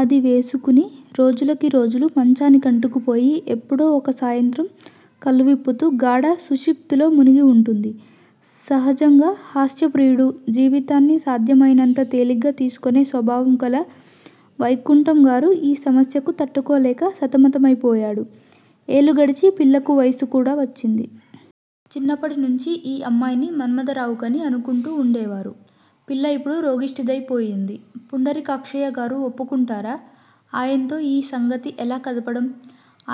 అది వేసుకుని రోజులకి రోజులు మంచానికంటుకు పోయి ఎప్పుడో ఒక సాయంత్రం కళ్ళు విప్పుతూ గాఢ సుషుప్తిలో మునిగి వుంటుంది. సహజంగా హాస్య ప్రియుడూ, జీవితాన్ని సాధ్యమైనంత తేలిగ్గా తీసుకునే స్వభావం గల వైకుంఠం గారు ఈ సమస్యకు తట్టుకోలేక సతమతమైపోయాడు. ఏళ్ళు గడిచి పిల్లకు వయసు కూడా వచ్చింది. చిన్నప్పటినుంచి ఈ అమ్మాయిని మన్మథరావుకని అనుకుంటూ వుండేవారు. పిల్ల ఇప్పుడు రోగిష్టిదాయి పోయింది. పుండరీకాక్షయ్యగారు ఒప్పుకుంటారా? ఆయన్తో ఈ సంగతి ఎలా కదపడం?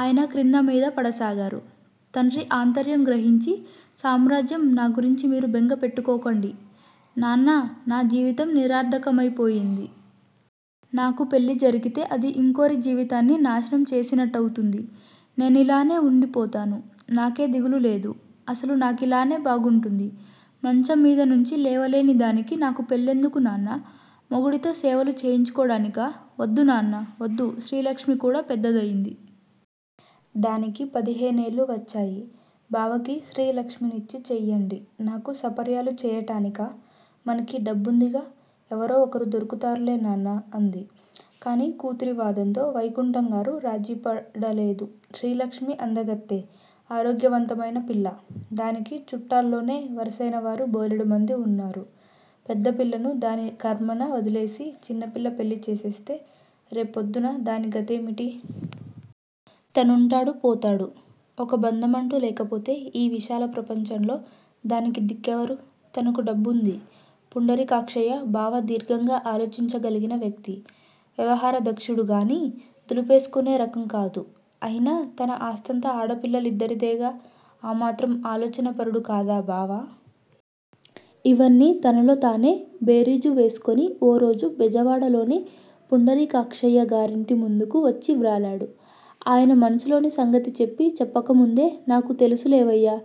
ఆయన క్రిందా మీదా పడసాగారు. తండ్రి ఆంతర్యం గ్రహించి సామ్రాజ్యం నా గురించి మీరు బెంగ పెట్టుకోకండి. నాన్నా! నా జీవితం నిరర్ధకమైపోయింది. నాకు పెళ్ళి జరిగితే అది యింకోరి జీవితాన్ని నాశనం చేసినట్టవుతుంది. నేనిలానే వుండి పోతాను. నాకే దిగులూ లేదు. అసలు నాకిలాగే బాగుంటుంది. మంచం మీద నుంచి లేవలేని దానికి నాకు పెళ్లెందుకు నాన్నా? మొగాడితో సేవలు చేయించుకోడానికా? వద్దు నాన్నా! వద్దు శ్రీలక్ష్మి కూడా పెద్దదయింది. దానికి పదిహేనేళ్ళు వచ్చాయి. బావకి శ్రీ లక్ష్మినిచ్చి చెయ్యండి. నాకు సపర్యలు చెయ్యటానికా? మనకి డబ్బుందిగా? ఎవరో ఒకరు దొరుకుతారులే నాన్నా అంది. కాని కూతురి వాదంతో వైకుంఠంగారు రాజీప డలేదు. శ్రీలక్ష్మి అందగత్తె ఆరోగ్యవంతమైన పిల్ల. దానికి చుట్టాల్లోనే వరసైనవారు బోలెడుమంది వున్నారు. పెద్దపిల్లను దాని కర్మాన వదిలేసి, చిన్నపిల్ల పెళ్ళి చేసేస్తే రేపొద్దున దాని గతేమిటి? తనుంటాడు, పోతాడు. ఒక బంధమంటూ లేకపోతే ఈ విశాల ప్రపంచంలో దానికి దిక్కెవరు? తనకు డబ్బుంది. పుండరీకాక్షయ్య బావ దీర్ఘంగా ఆలోచించ గలిగిన వ్యక్తి. వ్యవహారదక్షుడు గాని, దులిపేసుకునే రకం కాదు. అయినా తన ఆస్తంతా ఆడపిల్లలిద్దరిదేగా ఆ మాత్రం ఆలోచనా పరుడు కాదా బావ? ఇవన్నీ తనలో తానే బేరీజు వేసుకుని ఓ రోజు బెజవాడలోని పుండరీకాక్షయ్య గారింటి ముందుకు వచ్చి వ్రాలాడు. ఆయన మనసులోని సంగతి చెప్పీ చెప్పకముందే నాకు తెలుసులేవయ్యా!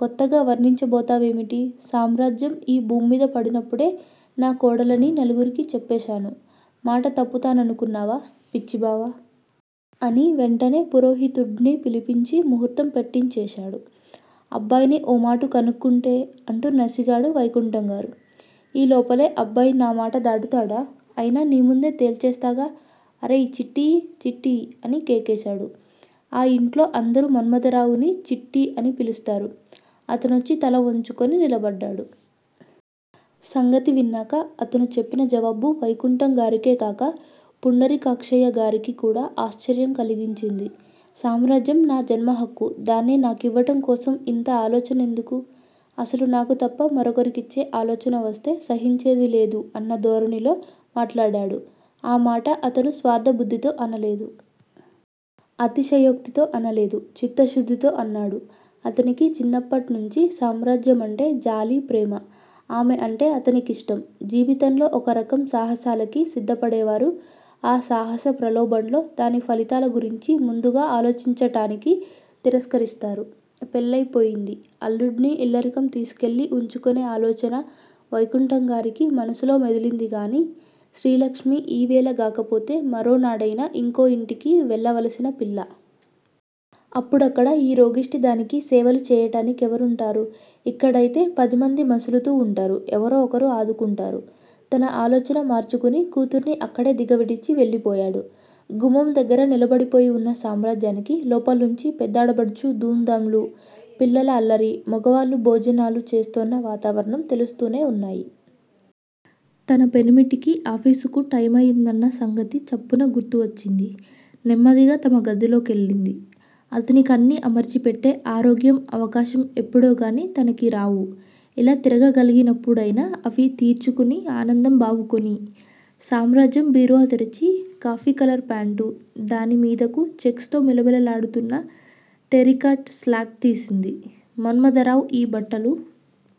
కొత్తగా వర్ణించబోతావేమిటి? సామ్రాజ్యం ఈ భూమ్మీద పడినప్పుడే నా కోడలని నలుగురికీ చెప్పేశాను. మాట తప్పుతాననుకున్నావా? పిచ్చిబావ! అని వెంటనే పురోహితుడ్ని పిలిపించి ముహూర్తం పెట్టించేశాడు. అబ్బాయిని ఓమాటు కనుక్కుంటే? అంటూ నసిగాడు వైకుంఠంగారు. ఈలోపలే అబ్బాయి నామాట దాటుతాడా? అయినా నీముందే తేల్చేస్తాగా. అరేయ్ చిట్టీ, చిట్టీ! అని కేకేశాడు. ఆ యింట్లో అందరూ మన్మథరావుని చిట్టీ! అని పిలుస్తారు. అతనొచ్చి తల వంచుకుని నిలబడ్డాడు. సంగతి విన్నాక అతను చెప్పిన జవాబు వైకుంఠం గారికే కాక పుండరీకాక్షయ్యగారికి కూడా ఆశ్చర్యం కలిగించింది. సామ్రాజ్యం నా జన్మహక్కు దాన్ని నాకివ్వటం కోసం యింత ఆలోచనెందుకు? అసలు నాకు తప్ప మరొకరికిచ్చే ఆలోచన వస్తే సహించేది లేదు అన్నధోరణిలో మాట్లాడాడు. ఆ మాట అతను స్వార్ధ బుద్దితో అనలేదు. అతిశయోక్తితో అనలేదు. చిత్తశుద్దితో అన్నాడు. అతనికి చిన్నప్పట్నుంచీ సామ్రాజ్యమంటే జాలి, ప్రేమ. ఆమె అంటే అతనికిష్టం. జీవితంలో ఒక రకం సాహసాలకి సిద్దపడేవారు ఆ సాహస ప్రలోభంలో దాని ఫలితాల గురించి ముందుగా ఆలోచించటానికి తిరస్కరిస్తారు. పెళ్ళయిపోయింది. అల్లుడ్ని ఇల్లరికం తీసుకెళ్ళి వుంచుకునే ఆలోచన వైకుంఠంగారికి మనసులో మెదిలిందిగాని, శ్రీలక్ష్మి ఈవేళ గాకపోతే మరోనాడైనా యింకో యింటికి వెళ్ళవలసిన పిల్ల. అప్పుడక్కడ ఈ రోగిష్టి దానికి సేవలు చెయ్యటాని కెవరుంటారు? ఇక్కడయితే పదిమంది మసులుతూ వుంటారు. ఎవరో ఒకరు ఆదుకుంటారు. తన ఆలోచన మార్చుకుని కూతుర్ని అక్కడే దిగ విడిచి వెళ్ళిపోయాడు. గుమ్మం దగ్గర నిలబడిపోయి వున్న సామ్రాజ్యానికి లోపల్నుంచి పెద్దాడబడుచు ధూంధాంలు, పిల్లల అల్లరి, మొగవాళ్ళు భోజనాలు చేస్తోన్న వాతావరణం తెలుస్తూనే వున్నాయి. తన పెనిమిటికి ఆఫీసుకు టైమయిందన్న సంగతి చప్పున గుర్తువచ్చింది. నెమ్మదిగా తమ గదిలోకెళ్ళింది. అతనికన్నీ అమర్చిపెట్టే ఆరోగ్యం, అవకాశం ఎప్పుడోగాని తనకి రావు. ఇలా తిరగగలిగినప్పుడైనా అవి తీర్చుకుని ఆనందం బావుకోనీ. సామ్రాజ్యం బీరువా తెరిచి కాఫీ కలర్ ప్యాంటు, దాని మీదకు చెక్స్ తో మిలమిలలాడుతున్న టెరికాట్ స్లాక్ తీసింది. మన్మథరావు ఈ బట్టలు